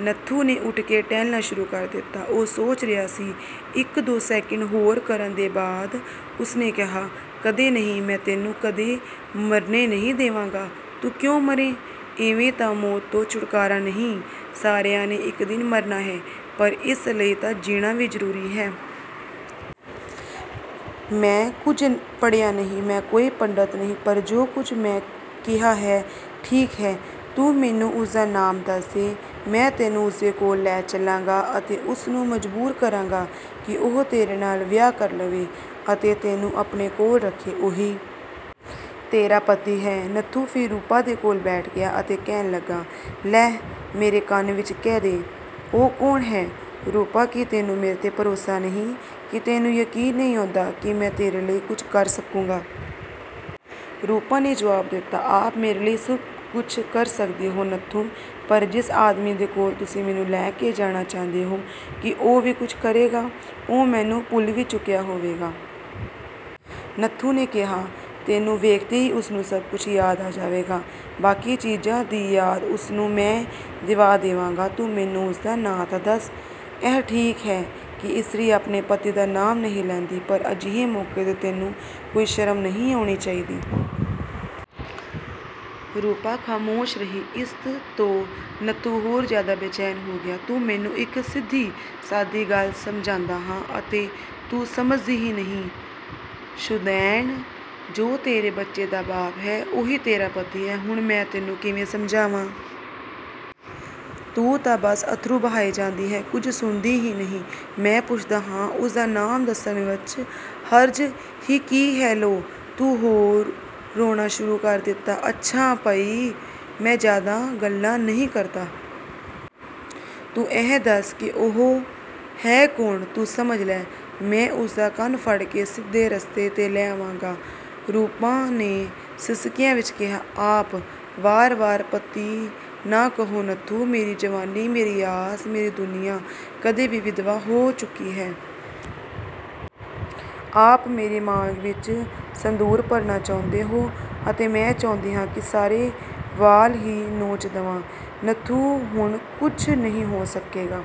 ਨੱਥੂ ਨੇ ਉਠ ਕੇ ਟਹਿਲਣਾ ਸ਼ੁਰੂ ਕਰ ਦਿੱਤਾ। ਉਹ ਸੋਚ ਰਿਹਾ ਸੀ। ਇੱਕ-ਦੋ ਸੈਕਿੰਡ ਗ਼ੌਰ ਕਰਨ ਦੇ ਬਾਅਦ ਉਸਨੇ ਕਿਹਾ, "ਕਦੇ ਨਹੀਂ, ਮੈਂ ਤੈਨੂੰ ਕਦੇ ਮਰਨੇ ਨਹੀਂ ਦੇਵਾਂਗਾ, ਤੂੰ ਕਿਉਂ ਮਰੇਂ। ਇਵੇਂ ਤਾਂ ਮੌਤ ਤੋਂ ਛੁਟਕਾਰਾ ਨਹੀਂ, ਸਾਰਿਆਂ ਨੇ ਇੱਕ ਦਿਨ ਮਰਨਾ ਹੈ ਪਰ ਇਸ ਲਈ ਤਾਂ ਜੀਣਾ ਵੀ ਜ਼ਰੂਰੀ ਹੈ। ਮੈਂ ਕੁੱਝ ਪੜ੍ਹਿਆ ਨਹੀਂ, ਮੈਂ ਕੋਈ ਪੰਡਤ ਨਹੀਂ, ਪਰ ਜੋ ਕੁੱਝ ਮੈਂ ਕਿਹਾ ਹੈ ਠੀਕ ਹੈ, ਤੂੰ ਮੈਨੂੰ ਉਸਦਾ ਨਾਮ ਦੱਸ ਦੇ। ਮੈਂ ਤੈਨੂੰ ਉਸਦੇ ਕੋਲ ਲੈ ਚਲਾਂਗਾ ਅਤੇ ਉਸਨੂੰ ਮਜਬੂਰ ਕਰਾਂਗਾ ਕਿ ਉਹ ਤੇਰੇ ਨਾਲ਼ ਵਿਆਹ ਕਰ ਲਵੇ ਅਤੇ ਤੈਨੂੰ ਆਪਣੇ ਕੋਲ ਰੱਖੇ। ਉਹੀ ਤੇਰਾ ਪਤੀ ਹੈ।" ਨੱਥੂ ਫਿਰ ਰੂਪਾ ਦੇ ਕੋਲ ਬੈਠ ਗਿਆ ਅਤੇ ਕਹਿਣ ਲੱਗਾ, "ਲੈ ਮੇਰੇ ਕੰਨ ਵਿੱਚ ਕਹਿ ਦੇ ਉਹ ਕੌਣ ਹੈ? ਰੂਪਾ ਕੀ ਤੈਨੂੰ ਮੇਰੇ 'ਤੇ ਭਰੋਸਾ ਨਹੀਂ, ਕੀ ਤੈਨੂੰ ਯਕੀਨ ਨਹੀਂ ਆਉਂਦਾ ਕਿ ਮੈਂ ਤੇਰੇ ਲਈ ਕੁੱਝ ਕਰ ਸਕੂੰਗਾ।" ਰੂਪਾ ਨੇ ਜਵਾਬ ਦਿੱਤਾ, "ਆਪ ਮੇਰੇ ਲਈ ਸਭ ਕੁੱਝ ਕਰ ਸਕਦੇ ਹੋ ਨੱਥੂ, ਪਰ ਜਿਸ ਆਦਮੀ ਦੇ ਕੋਲ ਤੁਸੀਂ ਮੈਨੂੰ ਲੈ ਕੇ ਜਾਣਾ ਚਾਹੁੰਦੇ ਹੋ, ਕੀ ਉਹ ਵੀ ਕੁੱਝ ਕਰੇਗਾ? ਉਹ ਮੈਨੂੰ ਭੁੱਲ ਵੀ ਚੁੱਕਿਆ ਹੋਵੇਗਾ।" ਨੱਥੂ ਨੇ ਕਿਹਾ, "ਤੈਨੂੰ ਵੇਖਦੇ ਹੀ ਉਸਨੂੰ ਸਭ ਕੁੱਝ ਯਾਦ ਆ ਜਾਵੇਗਾ। ਬਾਕੀ ਚੀਜ਼ਾਂ ਦੀ ਯਾਦ ਉਸਨੂੰ ਮੈਂ ਦਿਵਾ ਦੇਵਾਂਗਾ, ਤੂੰ ਮੈਨੂੰ ਉਸਦਾ ਨਾਮ ਤਾਂ ਦੱਸ। ਇਹ ਠੀਕ ਹੈ ਕਿ ਇਸਤਰੀ ਆਪਣੇ ਪਤੀ ਦਾ ਨਾਮ ਨਹੀਂ ਲੈਂਦੀ ਪਰ ਅਜਿਹੇ ਮੌਕੇ 'ਤੇ ਤੈਨੂੰ ਕੋਈ ਸ਼ਰਮ ਨਹੀਂ ਆਉਣੀ ਚਾਹੀਦੀ।" ਰੂਪਾ ਖ਼ਾਮੋਸ਼ ਰਹੀ, ਇਸ 'ਤੋਂ ਨੱਥੂ ਹੋਰ ਜ਼ਿਆਦਾ ਬੇਚੈਨ ਹੋ ਗਿਆ, "ਤੂੰ ਮੈਨੂੰ ਇੱਕ ਸਿੱਧੀ-ਸਾਦੀ ਗੱਲ ਸਮਝਾਂਦਾ ਹਾਂ ਅਤੇ ਤੂੰ ਸਮਝਦੀ ਹੀ ਨਹੀਂ, ਸ਼ੁਦਾਇਣ, ਜੋ ਤੇਰੇ ਬੱਚੇ ਦਾ ਬਾਪ ਹੈ ਉਹੀ ਤੇਰਾ ਪਤੀ ਹੈ, ਹੁਣ ਮੈਂ ਤੈਨੂੰ ਕਿਵੇਂ ਸਮਝਾਵਾਂ? ਤੂੰ ਤਾਂ ਬਸ ਅੱਥਰੂ ਬਹਾਏ ਜਾਂਦੀ ਹੈਂ, ਕੁੱਝ ਸੁਣਦੀ ਹੀ ਨਹੀਂ ਹੈਂ, ਮੈਂ ਪੁੱਛਦਾ ਹਾਂ, ਉਸਦਾ ਨਾਮ ਦੱਸਣ ਵਿੱਚ ਹਰਜ ਹੀ ਕੀ ਹੈ ਲਓ, ਤੂੰ ਹੋਰ ਰੋਣਾ ਸ਼ੁਰੂ ਕਰ ਦਿੱਤਾ। ਅੱਛਾ ਭਈ ਮੈਂ ਜ਼ਿਆਦਾ ਗੱਲਾਂ ਨਹੀਂ ਕਰਦਾ। ਤੂੰ ਇਹ ਦੱਸ ਦੇ ਕਿ ਉਹ ਹੈ ਕੌਣ ਤੂੰ ਸਮਝ ਲੈ। ਮੈਂ ਉਸਦਾ ਕੰਨ ਫੜ ਕੇ ਸਿੱਧੇ ਰਸਤੇ 'ਤੇ ਲੈ ਆਵਾਂਗਾ।" ਰੂਪਾ ਨੇ ਸਿਸਕੀਆਂ ਵਿੱਚ ਕਿਹਾ, "ਆਪ ਵਾਰ-ਵਾਰ ਪਤੀ ਨਾ ਕਹੋ ਨੱਥੂ, ਮੇਰੀ ਜਵਾਨੀ, ਮੇਰੀ ਆਸ, ਮੇਰੀ ਦੁਨੀਆ, ਕਦੇ ਦੀ ਵਿਧਵਾ ਹੋ ਚੁੱਕੀ ਹੈ। ਆਪ ਮੇਰੀ ਮਾਂਗ ਵਿੱਚ ਸੰਧੂਰ ਭਰਨਾ ਚਾਹੁੰਦੇ ਹੋ ਅਤੇ ਮੈਂ ਚਾਹੁੰਦੀ ਹਾਂ ਕਿ ਸਾਰੇ ਵਾਲ਼ ਹੀ ਨੋਚ ਦਵਾਂ ਨੱਥੂ ਹੁਣ ਕੁੱਝ ਨਹੀਂ ਹੋ ਸਕੇਗਾ।